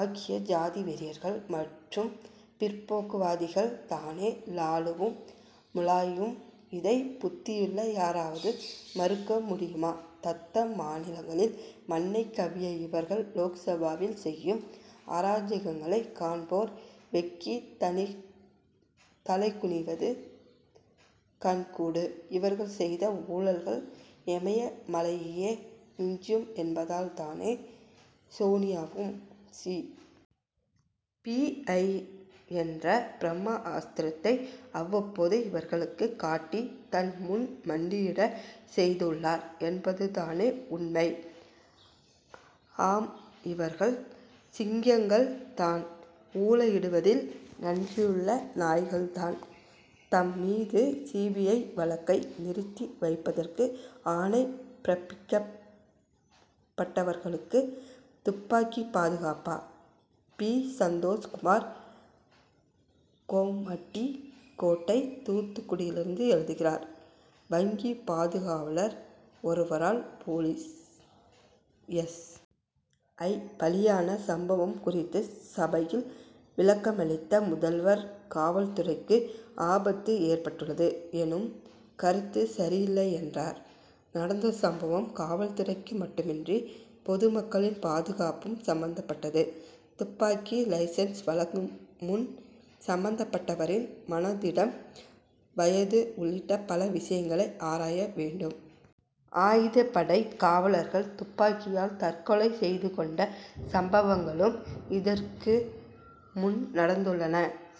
ஆக்கிய ஜாதி வெறியர்கள் மற்றும் பிற்போக்குவாதிகள் தானே லாலுவும் முலாயமும்! இதை புத்தியுள்ள யாராவது மறுக்க முடியுமா? தத்தம் மாநிலங்களில் மண்ணை கவ்விய இவர்கள் லோக்சபாவில் செய்யும் அராஜகங்களை காண்போர் வெட்கி தலை தலைகுனிவது கண்கூடு! இவர்கள் செய்த ஊழல்கள் இமயமலையையே மிஞ்சும் என்பதால் தானே சோனியாவும் சி. பி. ஐ. என்ற பிரம்மாஸ்திரத்தை அவ்வப்போது இவர்களுக்கு காட்டி தன்முன் மண்டியிட செய்துள்ளார் என்பது தானே உண்மை. ஆம்இவர்கள் சிங்கங்கள் தான் ஊளையிடுவதில்! நன்றியுள்ள நாய்கள்தான் தம்மீது சி. பி. ஐ. வழக்கை நிறுத்தி வைப்பதற்கு ஆணை பிறப்பிக்கபட்டவர்களுக்கு! துப்பாக்கி பாதுகாப்பா? பி. சந்தோஷ் குமார் கொம்மட்டிக் கோட்டை தூத்துக்குடியிலிருந்து எழுதுகிறார் வங்கி பாதுகாவலர் ஒருவரால் போலீஸ் எஸ். ஐ. பலியான சம்பவம் குறித்து சபையில் விளக்கமளித்த முதல்வர் காவல் துறைக்கு ஆபத்து ஏற்பட்டுள்ளது எனும் கருத்து சரியல்ல என்றார். நடந்த சம்பவம் காவல்துறைக்கு மட்டுமின்றி பொதுமக்களின் பாதுகாப்பும் சம்பந்தப்பட்டது. துப்பாக்கி லைசென்ஸ் வழங்கும்முன் சம்பந்தப்பட்டவரின் மனதிடம் வயது உள்ளிட்ட பல விஷயங்களை ஆராய வேண்டும். ஆயுதப்படைக் காவலர்கள் துப்பாக்கியால் தற்கொலை செய்து கொண்ட சம்பவங்களும் இதற்குமுன் நடந்துள்ளன.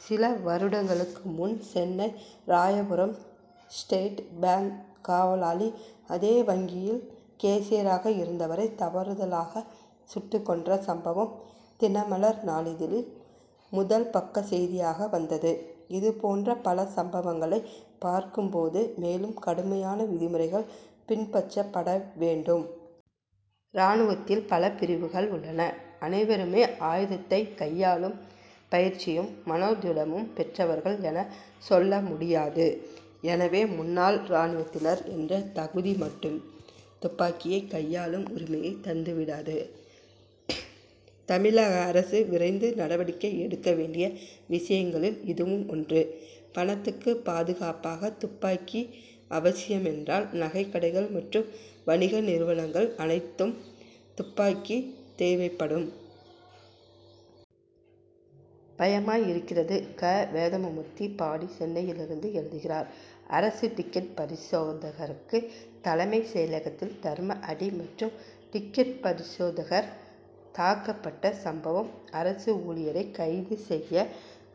சில வருடங்களுக்கு முன் சென்னை ராயபுரம் ஸ்டேட் பாங்க் காவலாளி அதே வங்கியில் கேஷியராக இருந்தவரை தவறுதலாக சுட்டுக் கொன்ற சம்பவம் தினமலர் நாளிதழில் முதல் பக்க செய்தியாக வந்தது. இதுபோன்ற பல சம்பவங்களைப் பார்க்கும் போது மேலும் கடுமையான விதிமுறைகள் பின்பற்றப்பட வேண்டும். ராணுவத்தில் பல பிரிவுகள் உள்ளன. அனைவருமே ஆயுதத்தைக் கையாளும் பயிற்சியும் மனோதிடமும் பெற்றவர்கள் என சொல்ல முடியாது. எனவே முன்னாள் ராணுவத்தினர் என்ற தகுதி மட்டும் துப்பாக்கியை கையாளும் உரிமையைத் தந்துவிடாது. தமிழக அரசு விரைந்து நடவடிக்கை எடுக்க வேண்டிய விஷயங்களில் இதுவும் ஒன்று. பணத்துக்கு பாதுகாப்பாக துப்பாக்கி அவசியம் என்றால் நகைக்கடைகள் மற்றும் வணிக நிறுவனங்கள் அனைத்தும் துப்பாக்கி தேவைப்படும். பயமாய் இருக்கிறது! கா. வேதமூர்த்தி பாடி சென்னையிலிருந்து எழுதுகிறார் அரசு டிக்கெட் பரிசோதகருக்கு தலைமை செயலகத்தில் தர்ம அடி மற்றும் டிக்கெட் பரிசோதகர் தாக்கப்பட்ட சம்பவம் அரசு ஊழியரை கைது செய்ய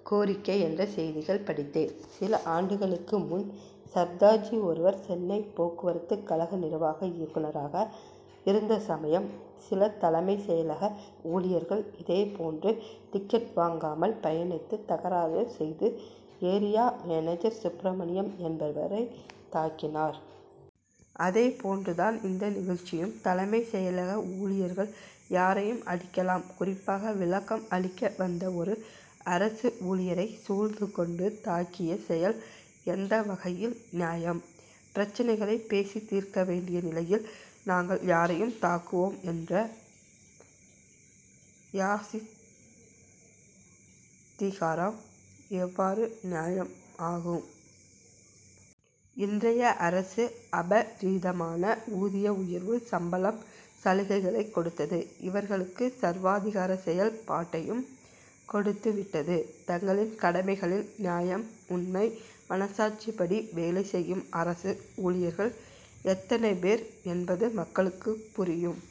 கோரிக்கை என்ற செய்திகள் படித்தேன். சில ஆண்டுகளுக்கு முன் சர்தார்ஜி ஒருவர் சென்னை போக்குவரத்து கழக நிர்வாக இயக்குனராக இருந்த சமயம் சில தலைமை செயலக ஊழியர்கள் இதே போன்று டிக்கெட் வாங்காமல் பயணித்து தகராறு செய்து ஏரியா மேனேஜர் சுப்பிரமணியம் என்பவரை தாக்கினார். அதே போன்று தான் இந்த நிகழ்ச்சியும். தலைமை செயலக ஊழியர்கள் யாரையும் அடிக்கலாம். குறிப்பாக விளக்கம் அளிக்க வந்த ஒரு அரசு ஊழியரை சூழ்ந்து கொண்டு தாக்கிய செயல் எந்த வகையில் நியாயம்? பிரச்னைகளை பேசித் தீர்க்க வேண்டிய நிலையில் நாங்கள் யாரையும் தாக்குவோம் என்ற யாசித்திகாரம் எவ்வாறு நியாயம் ஆகும். இன்றைய அரசு அபரி தமான ஊதிய உயர்வு சம்பளம் சலுகைகளைக் கொடுத்தது இவர்களுக்கு சர்வாதிகார செயல் பாட்டையும் கொடுத்து விட்டது. தங்களின் கடமைகளில் நியாயம் உண்மை மனசாட்சிப்படி வேலை செய்யும் அரசு ஊழியர்கள் எத்தனை பேர் என்பது மக்களுக்குப் புரியும்.